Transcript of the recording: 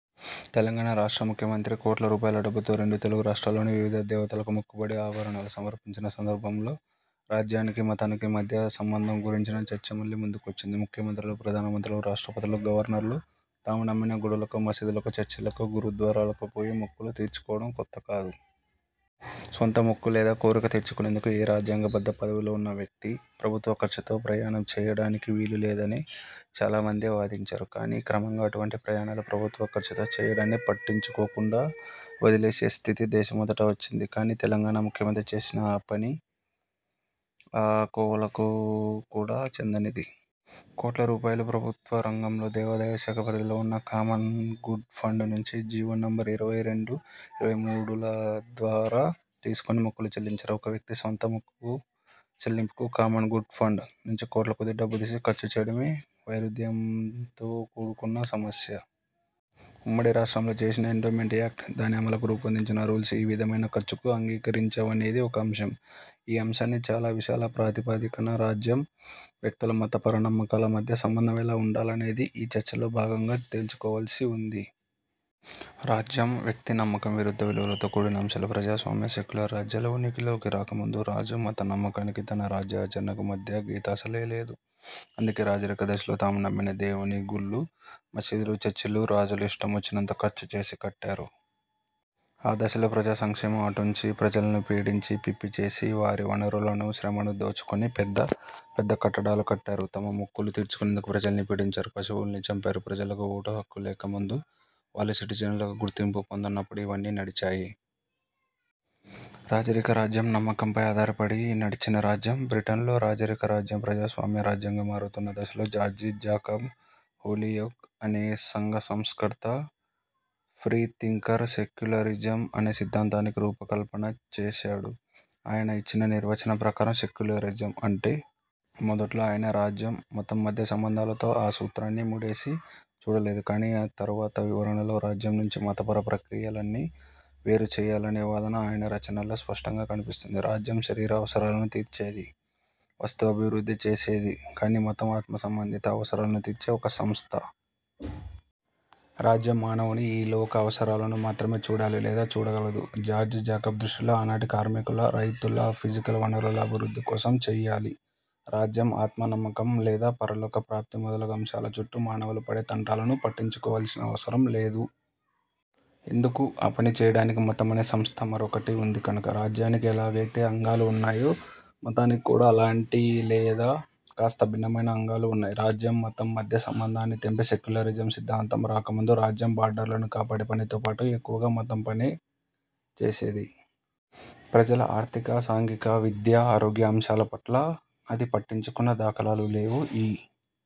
తెలంగాణ రాష్ట్ర ముఖ్యమంత్రి కోట్ల రూపాయల డబ్బుతో రెండు తెలుగు రాష్ర్టాల్లోని వివిధ దేవతలకు మొక్కుబడి ఆభరణాలు సమర్పించిన సందర్భంలో రాజ్యానికీ, మతానికీ మధ్య సంబంధం గురించిన చర్చ మళ్ళీ ముందుకొచ్చింది. ముఖ్యమంత్రులు, ప్రధానమంత్రులు, రాష్ట్రపతులు, గవర్నర్లు తాము నమ్మిన గుడులకో, మసీదులకో, చర్చిలకో, గురుద్వారలకో పోయి మొక్కులు తీర్చుకోవడం కొత్త కాదు. స్వంత మొక్కు లేదా కోరిక తీర్చుకునేందుకు ఏ రాజ్యాంగబద్ధ పదవిలో ఉన్న వ్యక్తీ ప్రభుత్వ ఖర్చుతో ప్రయాణం చెయ్యడానికి వీలు లేదని చాలా మందే వాదించారు. కానీ క్రమంగా అటువంటి ప్రయాణాలు ప్రభుత్వ ఖర్చుతో చెయ్యడాన్ని పట్టించుకోకుండా వదిలేసే స్థితి దేశమంతటా వచ్చింది. కానీ తెలంగాణ ముఖ్యమంత్రి చేసిన ఆ పని ఆ కోవలకు కూడా చెందనిది. కోట్ల రూపాయలు ప్రభుత్వ రంగంలో దేవాదాయ శాఖ పరిధిలో ఉన్న 'కామన్ గుడ్ ఫండ్' నుంచి జీవో నంబర్ ఇరవై రెండు, ఇరవై మూడుల ద్వారా తీసుకొని మొక్కులు చెల్లించారు. ఒక వ్యక్తి స్వంత మొక్కుకు చెల్లింపుకు 'కామన్ గుడ్ ఫండ్' నుంచి కోట్లకొద్దీ డబ్బు తీసి ఖర్చు చేయడమే వైరుధ్యంతో కూడుకున్న సమస్య. ఉమ్మడి రాష్ట్రంలో చేసిన ఎండోమెంట్ యాక్ట్, దాని అమలుకు రూపొందించిన రూల్స్ ఈ విధమైన ఖర్చుకు అంగీకరించవనేది ఒక అంశం. ఈ అంశాన్ని చాలా విశాల ప్రాతిపదికన రాజ్యం, వ్యక్తుల మతపర నమ్మకాల మధ్య సంబంధం ఎలా ఉండాలనేది ఈ చర్చలో భాగంగా తేల్చుకోవలసి ఉంది. రాజ్యం, వ్యక్తి నమ్మకం విరుద్ధ విలువలతో కూడిన అంశాలు. ప్రజాస్వామ్య, సెక్యులర్ రాజ్యాలు ఉనికిలోకి రాక ముందు రాజు మత నమ్మకానికీ, తన రాజ్య ఆచరణకూ మధ్య గీత అసలే లేదు. అందుకే రాజరిక దశలో తాము నమ్మిన దేవుని గుళ్ళు, మసీదులు, చర్చిలు రాజులు ఇష్టమొచ్చినంత ఖర్చుచేసి కట్టారు. ఆ దశలో ప్రజా సంక్షేమం అటుంచి ప్రజలను పీడించి, పిప్పి చేసి వారి వనరులను, శ్రమను దోచుకొని పెద్ద, పెద్ద కట్టడాలు కట్టారు. తమ మొక్కులు తీర్చుకునేందుకు ప్రజల్ని పీడించారు, పశువుల్ని చంపారు. ప్రజలకు ఓటు హక్కు లేక ముందు, వాళ్ళు సిటిజనులుగా గుర్తింపు పొందనప్పుడు ఇవన్నీ నడిచాయి. రాజరిక రాజ్యం నమ్మకంపై ఆధారపడి నడిచిన రాజ్యం. బ్రిటన్లో రాజరిక రాజ్యం ప్రజాస్వామ్య రాజ్యంగా మారుతున్న దశలో జార్జి జాకబ్ హోలియోక్ అనే సంఘ సంస్కర్త – ఫ్రీ థింకర్ సెక్యులరిజం అనే సిద్ధాంతానికి రూపకల్పన చేశాడు. ఆయన ఇచ్చిన నిర్వచనం ప్రకారం సెక్యులరిజం అంటే ','. మొదట్లో ఆయన రాజ్యం, మతం మధ్య సంబంధాలతో ఆ సూత్రాన్ని ముడేసి చూడలేదు. కానీ తరువాత వివరణలో రాజ్యం నుంచి, మతపర ప్రక్రియలన్నీ వేరుచెయ్యాలనే వాదన ఆయన రచనల్లో స్పష్టంగా కనిపిస్తుంది. రాజ్యం శరీర అవసరాలను తీర్చేది, వస్తు అభివృద్ధి చేసేది. కానీ మతం ఆత్మ సంబంధిత అవసరాలను తీర్చే ఒక సంస్థ. రాజ్యం మానవుని ఈ లోక అవసరాలను మాత్రమే చూడాలి లేదా చూడగలదు. జార్జి జాకబ్ దృష్టిలో ఆనాటి కార్మికుల, రైతుల ఫిజికల్ వనరుల అభివృద్ధి కోసం చెయ్యాలి. రాజ్యం ఆత్మ, నమ్మకం లేదా పరలోక ప్రాప్తి మొదలగు అంశాల చుట్టూ మానవులు పడే తంటాలను పట్టించుకోవలసిన అవసరం లేదు. ఎందుకు? ఆ పని చెయ్యడానికి మతం అనే సంస్థ మరోటి ఉంది కనుక. రాజ్యానికి ఎలాగైతే అంగాలు ఉన్నాయో మతానికి కూడా అలాంటి లేదా కాస్త భిన్నమైన అంగాలు ఉన్నాయి. రాజ్యం, మతం మధ్య సంబంధాన్ని తెంపే సెక్యులరిజం సిద్ధాంతం రాకముందు రాజ్యం బార్డర్లను కాపాడే పనితో పాటు ఎక్కువగా మతం పనే చేసేది. ప్రజల ఆర్థిక, సాంఘిక, విద్య, ఆరోగ్య అంశాల పట్ల అది పట్టించుకున్న దాఖలాలు లేవు. ఈ